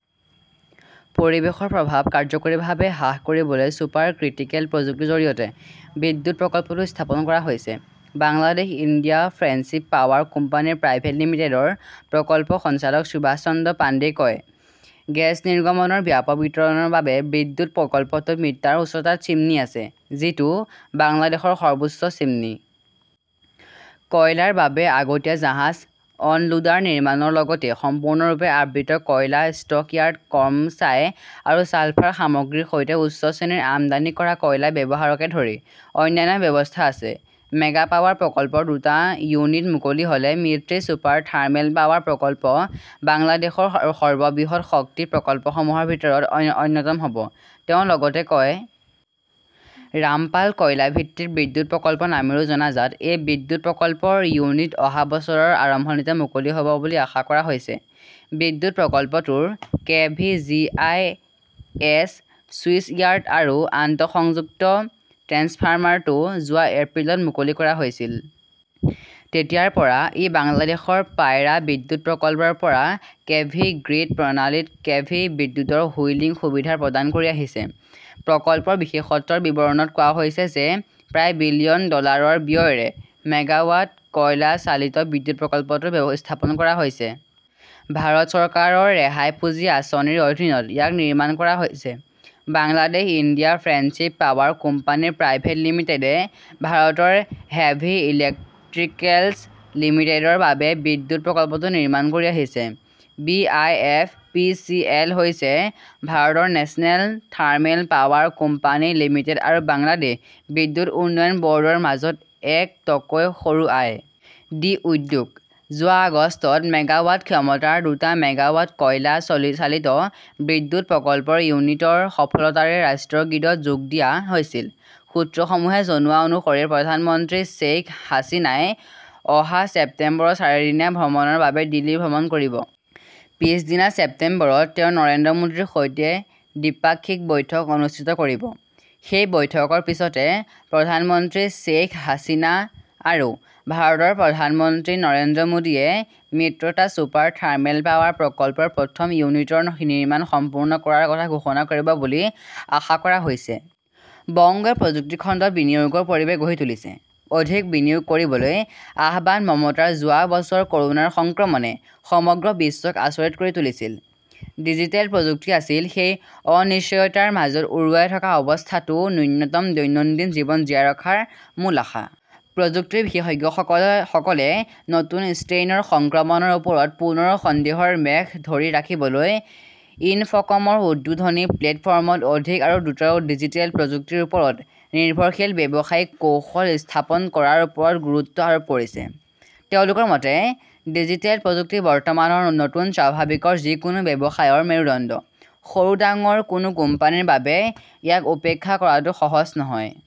পৰিৱেশৰ প্ৰভাৱ কাৰ্যকৰীভাৱে হ্ৰাস কৰিবলৈ ছুপাৰ ক্ৰিটিকেল প্ৰযুক্তিৰ জৰিয়তে বিদ্যুৎ প্ৰকল্পটো স্থাপন কৰা হৈছে, Bangladesh India friendship power company private লিমিটেডৰ প্ৰকল্প সঞ্চালক সুভাষ চন্দ্ৰ পাণ্ডেয়ে কয়। গেছ নিৰ্গমনৰ ব্যাপক বিতৰণৰ বাবে বিদ্যুৎ প্ৰকল্পটোত মিটাৰ উচ্চতাৰ চিমনী আছে, যিটো বাংলাদেশৰ সৰ্বোচ্চ চিমনী। কয়লাৰ বাবে আগতীয়া জাহাজ অনলোডাৰ নিৰ্মাণৰ লগতে সম্পূৰ্ণৰূপে আবৃত কয়লা ষ্টক য়াৰ্ড, কম ছাই আৰু ছালফাৰ সামগ্ৰীৰ সৈতে উচ্চ শ্ৰেণীৰ আমদানি কৰা কয়লা ব্যৱহাৰকে ধৰি অন্যান্য ব্যৱস্থা আছে। মেগা পাৱাৰ প্ৰকল্পৰ দুটা ইউনিট মুকলি হ'লে মিত্ৰী ছুপাৰ থাৰ্মেল পাৱাৰ প্ৰকল্প বাংলাদেশৰ সৰ্ববৃহৎ শক্তি প্ৰকল্পসমূহৰ ভিতৰত অন্যতম হ'ব, তেওঁ লগতে কয়। ৰামপাল কয়লা ভিত্তিক বিদ্যুৎ প্ৰকল্প নামেৰেও জনাজাত এই বিদ্যুৎ প্ৰকল্পৰ ইউনিট-অহা বছৰৰ আৰম্ভণিতে মুকলি হ'ব বুলি আশা কৰা হৈছে। বিদ্যুৎ প্ৰকল্পটোৰ K. V. G. I. S. Switchyard আৰু আন্তঃসংযুক্ত ট্ৰেন্সফাৰমাৰটো যোৱা এপ্ৰিলত মুকলি কৰা হৈছিল। তেতিয়াৰ পৰা ই বাংলাদেশৰ পায়ৰা বিদ্যুৎ প্ৰকল্পৰ পৰা কেভি গ্ৰীড প্ৰণালীত কেভি বিদ্যুৎৰ হুইলিং সুবিধা প্ৰদান কৰি আহিছে। প্ৰকল্পৰ বিশেষত্বৰ বিৱৰণত কোৱা হৈছে যে প্ৰায় বিলিয়ন ডলাৰৰ ব্যয়েৰে মেগাৱাট কয়লা চালিত বিদ্যুৎ প্ৰকল্পটো স্থাপন কৰা হৈছে। ভাৰত চৰকাৰৰ ৰেহাই পুঁজি আঁচনিৰ অধীনত ইয়াক নিৰ্মাণ কৰা হৈছে। Bangladesh India friendship power company private লিমিটেডে ভাৰতৰ হেভি ইলেকট্ৰিকেলছ লিমিটেডৰ বাবে বিদ্যুৎ প্ৰকল্পটো নিৰ্মাণ কৰি আছে। B. I. F. P. C. L. হৈছে ভাৰতৰ national thermal power company limited আৰু বাংলাদেশ বিদ্যুৎ উন্নয়ন বৰ্ডৰ মাজত এক তকৈ সৰু আই. ডি. উদ্যোগ। যোৱা আগষ্টত মেগাৱাট ক্ষমতাৰ দুটা মেগাৱাট কয়লা চালিত বিদ্যুৎ প্ৰকল্পৰ ইউনিটৰ সফলতাৰে ৰাষ্ট্ৰীয় গ্ৰীডত যোগ দিয়া হৈছিল। সূত্ৰসমূহে জনোৱা অনুসৰি প্ৰধানমন্ত্ৰী শ্বেইখ হাছিনাই অহা ছেপ্টেম্বৰত চাৰিদিনীয়া ভ্ৰমণৰ বাবে দিল্লী ভ্ৰমণ কৰিব। পিছদিনা ছেপ্টেম্বৰত তেওঁ নৰেন্দ্ৰ মোদীৰ সৈতে দ্বিপাক্ষিক বৈঠক অনুষ্ঠিত কৰিব। সেই বৈঠকৰ পিছতে প্ৰধানমন্ত্ৰী শ্বেইখ হাছিনা আৰু ভাৰতৰ প্ৰধানমন্ত্ৰী নৰেন্দ্ৰ মোদীয়ে মিত্ৰতা ছুপাৰ থাৰ্মেল পাৱাৰ প্ৰকল্পৰ প্ৰথম ইউনিটৰ নিৰ্মাণ সম্পূৰ্ণ কৰাৰ কথা ঘোষণা কৰিব বুলি আশা কৰা হৈছে। বংগই প্ৰযুক্তি খণ্ডত বিনিয়োগৰ পৰিৱেশ গঢ়ি তুলিছে, অধিক বিনিয়োগ কৰিবলৈ আহ্বান মমতাৰ যোৱা বছৰ কৰোনাৰ সংক্ৰমণে সমগ্ৰ বিশ্বক আচৰিত কৰি তুলিছিল। ডিজিটেল প্ৰযুক্তি আছিল সেই অনিশ্চয়তাৰ মাজত উৰুৱাই থকা অৱস্থাতও ন্যূনতম দৈনন্দিন জীৱন জীয়াই ৰখাৰ মূল আশা। প্ৰযুক্তিৰ বিশেষজ্ঞসকলে নতুন ষ্ট্ৰেইনৰ সংক্ৰমণৰ ওপৰত পুনৰ সন্দেহৰ মেঘ ধৰি ৰাখিবলৈ ইনফকমৰ উদ্বোধনী প্লেটফৰ্মত অধিক আৰু দ্ৰুত ডিজিটেল প্ৰযুক্তিৰ ওপৰত নিৰ্ভৰশীল ব্যৱসায়িক কৌশল স্থাপন কৰাৰ ওপৰত গুৰুত্ব আৰোপ কৰিছে। তেওঁলোকৰ মতে, ডিজিটেল প্ৰযুক্তি বৰ্তমানৰ নতুন স্বাভাৱিকৰ যিকোনো ব্যৱসায়ৰ মেৰুদণ্ড। সৰু-ডাঙৰ, কোনো কোম্পানীৰ বাবে ইয়াক উপেক্ষা কৰাটো সহজ নহয়।